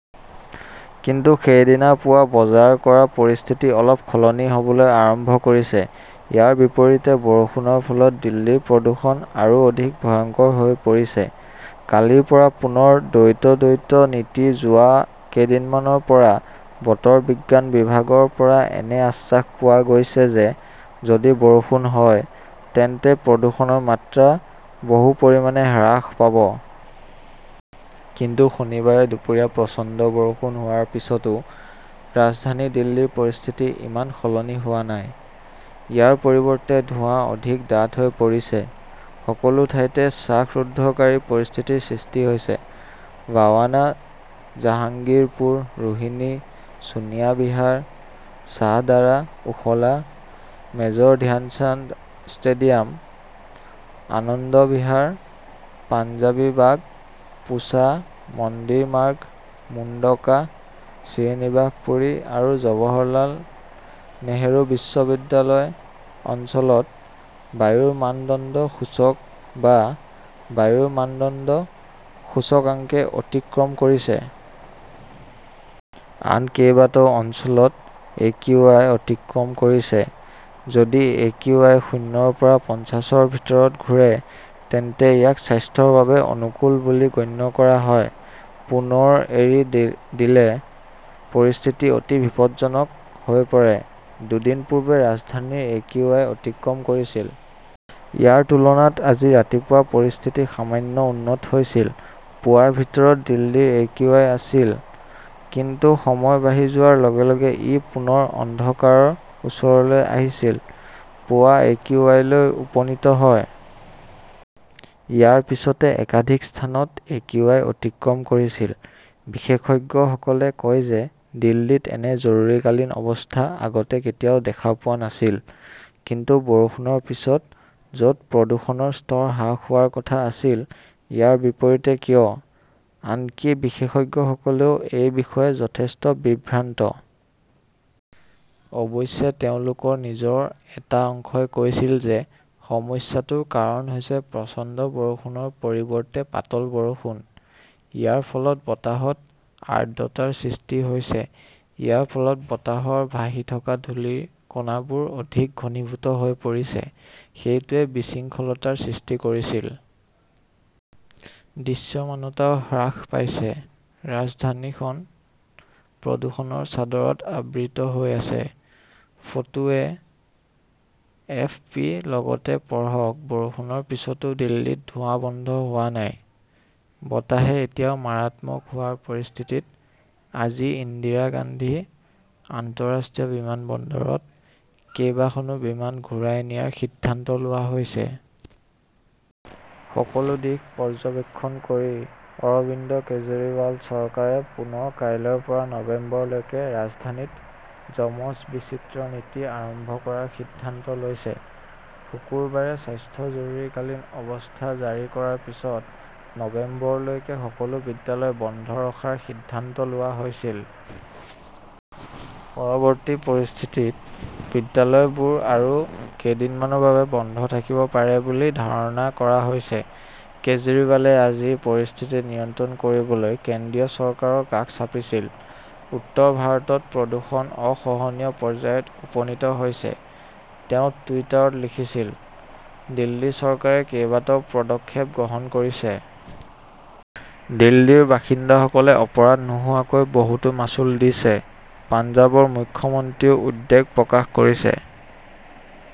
কিন্তু সেইদিনা পুৱা বজাৰ কৰা পৰিস্থিতি অলপ সলনি হ'বলৈ আৰম্ভ কৰিছে। ইয়াৰ বিপৰীতে বৰষুণৰ ফলত দিল্লীৰ প্ৰদূষণ আৰু অধিক ভয়ংকৰ হৈ পৰিছে, কালিৰ পৰা পুনৰ দ্বৈত-দ্বৈত নীতি যোৱা কেইদিনমানৰ পৰা বতৰ বিজ্ঞান বিভাগৰ পৰা এনে আশ্বাস পোৱা গৈছে যে যদি বৰষুণ হয় তেন্তে প্ৰদূষণৰ মাত্ৰা বহু পৰিমাণে হ্ৰাস পাব। কিন্তু শনিবাৰে দুপৰীয়া প্ৰচণ্ড বৰষুণ হোৱাৰ পিছতো ৰাজধানী দিল্লীৰ পৰিস্থিতি ইমান সলনি হোৱা নাই। ইয়াৰ পৰিৱৰ্তে ধোঁৱা অধিক ডাঠ হৈ পৰিছে। সকলো ঠাইতে শ্বাসৰুদ্ধকাৰী পৰিস্থিতিৰ সৃষ্টি হৈছে। বাৱানা, জাহাংগীৰপুৰ, ৰোহিনী, ছোনিয়া বিহাৰ, শ্বাহদাৰা, ওখলা, মেজৰ ধ্যানচান্দ ষ্টেডিয়াম, আনন্দ বিহাৰ, পাঞ্জাৱী বাগ, পুছা, মন্দিৰ মাৰ্গ, মুণ্ডকা, শ্ৰীনিবাসপুৰী আৰু জৱাহৰলাল নেহৰু বিশ্ববিদ্যালয় অঞ্চলত বায়ুৰ মানদণ্ড সূচক বা বায়ুৰ মানদণ্ড সূচকাংকে অতিক্ৰম কৰিছে। আন কেইবাটাও অঞ্চলত একিউআই অতিক্ৰম কৰিছে। যদি এ কিউ আই শূণ্যৰ পৰা পঞ্চাশৰ ভিতৰত ঘূৰে তেন্তে ইয়াক স্বাস্থ্যৰ বাবে অনুকূল বুলি গণ্য কৰা হয়। পুনৰ এৰি দিলে পৰিস্থিতি অতি বিপদজনক হৈ পৰে। দুদিন পূৰ্বে ৰাজধানীৰ এ কিউ আই অতিক্ৰম কৰিছিল। ইয়াৰ তুলনাত আজি ৰাতিপুৱা পৰিস্থিতি সামান্য উন্নত হৈছিল। পুৱাৰ ভিতৰত দিল্লীৰ এ কিউ আই আছিল। কিন্তু সময় বাঢ়ি যোৱাৰ লগে লগে ই পুনৰ অন্ধকাৰৰ ওচৰলৈ আহিছিল। পুৱা এ কিউ আই লৈ উপনীত হয়। ইয়াৰ পিছতে একাধিক স্থানত একিউআই অতিক্ৰম কৰিছিল। বিশেষজ্ঞসকলে কয় যে দিল্লীত এনে 'জৰুৰীকালীন অৱস্থা "আগতে কেতিয়াও দেখা পোৱা নাছিল। কিন্তু বৰষুণৰ পিছত, য'ত প্ৰদূষণৰ স্তৰ হ্ৰাস হোৱাৰ কথা আছিল, ইয়াৰ বিপৰীতে কিয়? আনকি বিশেষজ্ঞসকলেও এই বিষয়ে যথেষ্ট বিভ্ৰান্ত। অৱশ্যে, তেওঁলোকৰ নিজৰ এটা অংশই কৈছিল যে সমস্যাটোৰ কাৰণ হৈছে প্ৰচণ্ড বৰষুণৰ পৰিৱৰ্তে পাতল বৰষুণ। ইয়াৰ ফলত বতাহত আৰ্দ্ৰতাৰ সৃষ্টি হৈছে। ইয়াৰ ফলত বতাহৰ ভাহি থকা ধূলিৰ কণাবোৰ অধিক ঘনীভূত হৈ পৰিছে। সেইটোৱেই বিশৃংখলতাৰ সৃষ্টি কৰিছিল। দৃশ্যমানতাও হ্ৰাস পাইছে। ৰাজধানীখন প্ৰদূষণৰ চাদৰত আবৃত হৈ আছে। Photo A. এফ. পি. লগতে পঢ়ক বৰষুণৰ পিছতো দিল্লীত ধোঁৱা বন্ধ হোৱা নাই, বতাহে এতিয়াও মাৰাত্মক হোৱাৰ পৰিস্থিতিত আজি ইন্দিৰা গান্ধী আন্তঃৰাষ্ট্ৰীয় বিমানবন্দৰত কেইবাখনো বিমান ঘূৰাই নিয়াৰ সিদ্ধান্ত লোৱা হৈছে। সকলো দিশ পৰ্যবেক্ষণ কৰি অৰবিন্দ কেজৰিৱাল চৰকাৰে পুনৰ কাইলৈৰ পৰা নৱেম্বৰলৈকে ৰাজধানীত যমজ-বিচিত্ৰ নীতি আৰম্ভ কৰাৰ সিদ্ধান্ত লৈছে। শুকুৰবাৰে স্বাস্থ্য জৰুৰীকালীন অৱস্থা জাৰি কৰাৰ পিছত নৱেম্বৰলৈকে সকলো বিদ্যালয় বন্ধ ৰখাৰ সিদ্ধান্ত লোৱা হৈছিল। পৰিৱৰ্তিত পৰিস্থিতিত বিদ্যালয়বোৰ আৰু কেইদিনমানৰ বাবে বন্ধ থাকিব পাৰে বুলি ধাৰণা কৰা হৈছে। কেজৰিৱালে আজি পৰিস্থিতি নিয়ন্ত্ৰণ কৰিবলৈ কেন্দ্ৰীয় চৰকাৰৰ কাষ চাপিছিল। "উত্তৰ ভাৰতত প্ৰদূষণ অসহনীয় পৰ্যায়ত উপনীত হৈছে", তেওঁ টুইটাৰত লিখিছিল। দিল্লী চৰকাৰে কেইবাটাও পদক্ষেপ গ্ৰহণ কৰিছে। দিল্লীৰ বাসিন্দাসকলে অপৰাধ নোহোৱাকৈ বহুতো মাচুল দিছে। পঞ্জাৱৰ মুখ্যমন্ত্ৰীয়েও উদ্বেগ প্ৰকাশ কৰিছে।